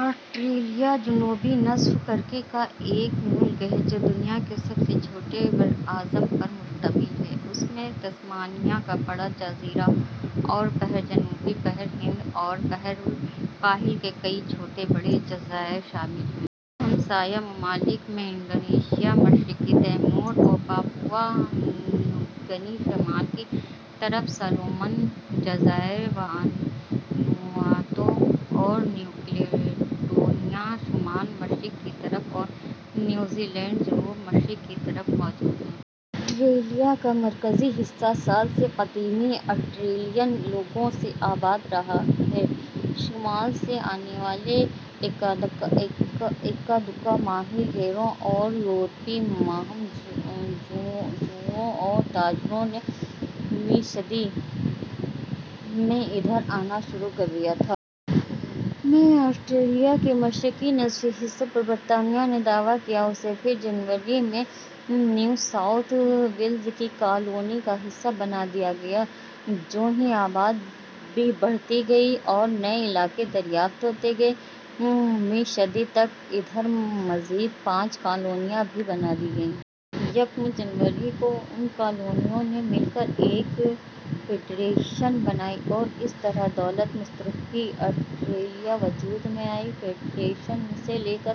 آسْٹْریلِیا جنوبی نصف کُرے کا ایک ملک ہے جو دنیا کے سب سے چھوٹے براعظم پر مشتمل ہے۔ اس میں تسمانیہ کا بڑا جزیرہ اور بحر جنوبی، بحر ہند اور بحر الکاہل کے کئی چھوٹے بڑے جزائر شامل ہیں۔ اس کے ہمسایہ ممالک میں انڈونیشیا ، مشرقی تیمور اور پاپوا نیو گنی شمال کی طرف، سولومن جزائر ، وانواتو اور نیو کیلیڈونیا شمال مشرق کی طرف اور نیوزی لینڈ جنوب مشرق کی طرف موجود ہے۔ آسٹریلیا کا مرکزی حصہ سال سے قدیمی آسٹریلین لوگوں سے آباد رہا ہے۔ شمال سے آنے والے اکا دکا ماہی گیروں اور یورپی مہم جوؤں اور تاجروں نے ویں صدی میں ادھر آنا شروع کر دیا تھا۔ ءمیں، آسٹریلیا کے مشرقی نصف حصہ پر برطانیہ نے دعویٰ کیا۔ اسے پھر جنوری ء میں، نیو ساؤتھ ویلز کی کالونی کا حصہ بنا دیا گیا۔ جونہی آبادی بڑھتی گئی اور نئے علاقے دریافت ہوتے گئے، ویں صدی تک ادھر مزید پانچ کالونیاں بھی بنا دی گئیں۔ یکم جنوری ء کو، ان کالونیوں نے مل کر ایک فیڈریشن بنائی اور اس طرح دولت مشترکہ آسٹریلیا وجود میں آئی۔ فیڈریشن سے لے کر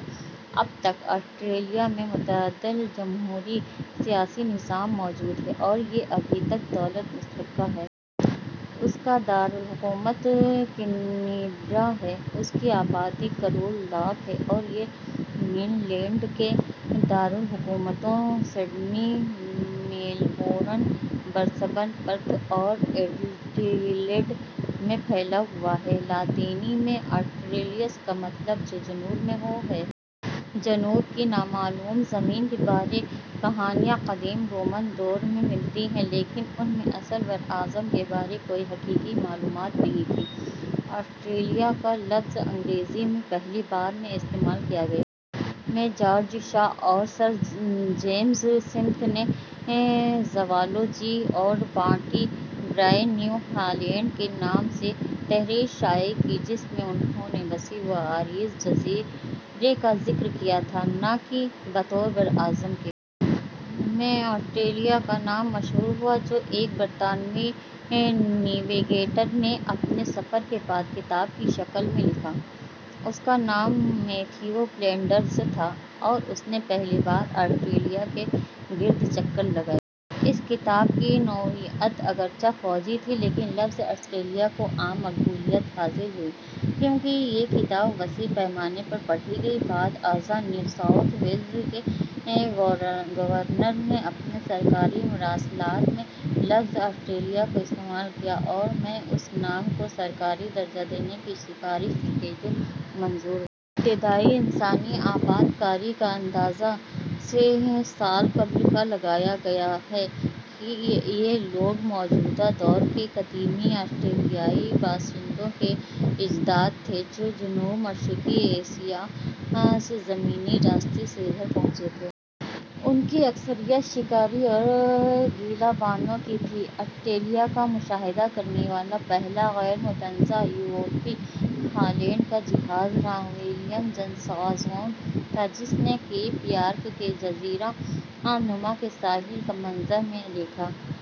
اب تک، آسٹریلیا میں معتدل جمہوری سیاسی نظام موجود ہے اور یہ ابھی تک دولت مشترکہ ہے۔ اس کا دار الحکومت کینبرا ہے۔ اس کی آبادی کروڑ لاکھ ہے اور یہ مین لینڈ کے دارلحکومتوں سڈنی ، میلبورن ، برسبن، پرتھ اور ایڈیلیڈ میں پھیلا ہوا ہے۔ لاطینی میں آسٹریلیس کا مطلب "جو جنوب میں ہو" ہے۔ جنوب کی نامعلوم زمین کے بارے کہانیاں قدیم رومن دور میں ملتی ہیں لیکن ان میں اصل براعظم کے بارے کوئی حقیقی معلومات نہیں تھیں۔ آسٹریلیا کا لفظ انگریزی میں پہلی بار ء میں استعمال کیا گیا۔ ء میں جارج شا اور سر جیمز سمتھ نے زوالوجی اور باٹنی برائے نیو ہالینڈ کے نام سے تحریر شائع کی جس میں انھوں نے وسیع و عریض جزیرے کا ذکر کیا تھا نہ کہ بطور براعظم کے۔ ء میں آسٹریلیا کا نام مشہور ہوا جو ایک برطانوی نیویگیٹر نے اپنے سفر کے بعد کتاب کی شکل میں لکھا۔ اس کا نام میتھیو فلنڈرز تھا اور اس نے پہلی بار آسٹریلیا کے گرد چکر لگایا۔ اس کتاب کی نوعیت اگرچہ فوجی تھی، لیکن لفظ "آسٹریلیا" کو عام مقبولیت حاصل ہوئی کیونکہ یہ کتاب وسیع پیمانے پر پڑھی گئی۔ بعد ازاں نیو ساوتھ ویلز کے گورنر نے اپنے سرکاری مراسلات میں لفظ "آسٹریلیا" کو استعمال کیا اور ء میں اس نام کو سرکاری درجہ دینے کی سفارش کی گئی جو منظور ہوئی۔ ابتدائی انسانی آبادکاری کا اندازہ ، سے ، سال قبل کا لگایا گیا ہے۔ یہ لوگ موجودہ دور کے قدیمی آسٹریلیائی باشندوں کے اجداد تھے جو جنوب مشرقی ایشیا سے زمینی راستے سے ادھر پہنچے تھے۔ ان کی اکثریت شکاری اور گلہ بانوں کی تھی۔ آسٹریلیا کا مشاہدہ کرنے والا پہلا غیر متنازع یورپی ہالینڈ کا جہاز راں ولیم جانسزون تھا جس نے کیپ یارک کے جزیرہ نما کے ساحل کا منظر، ء میں دیکھا۔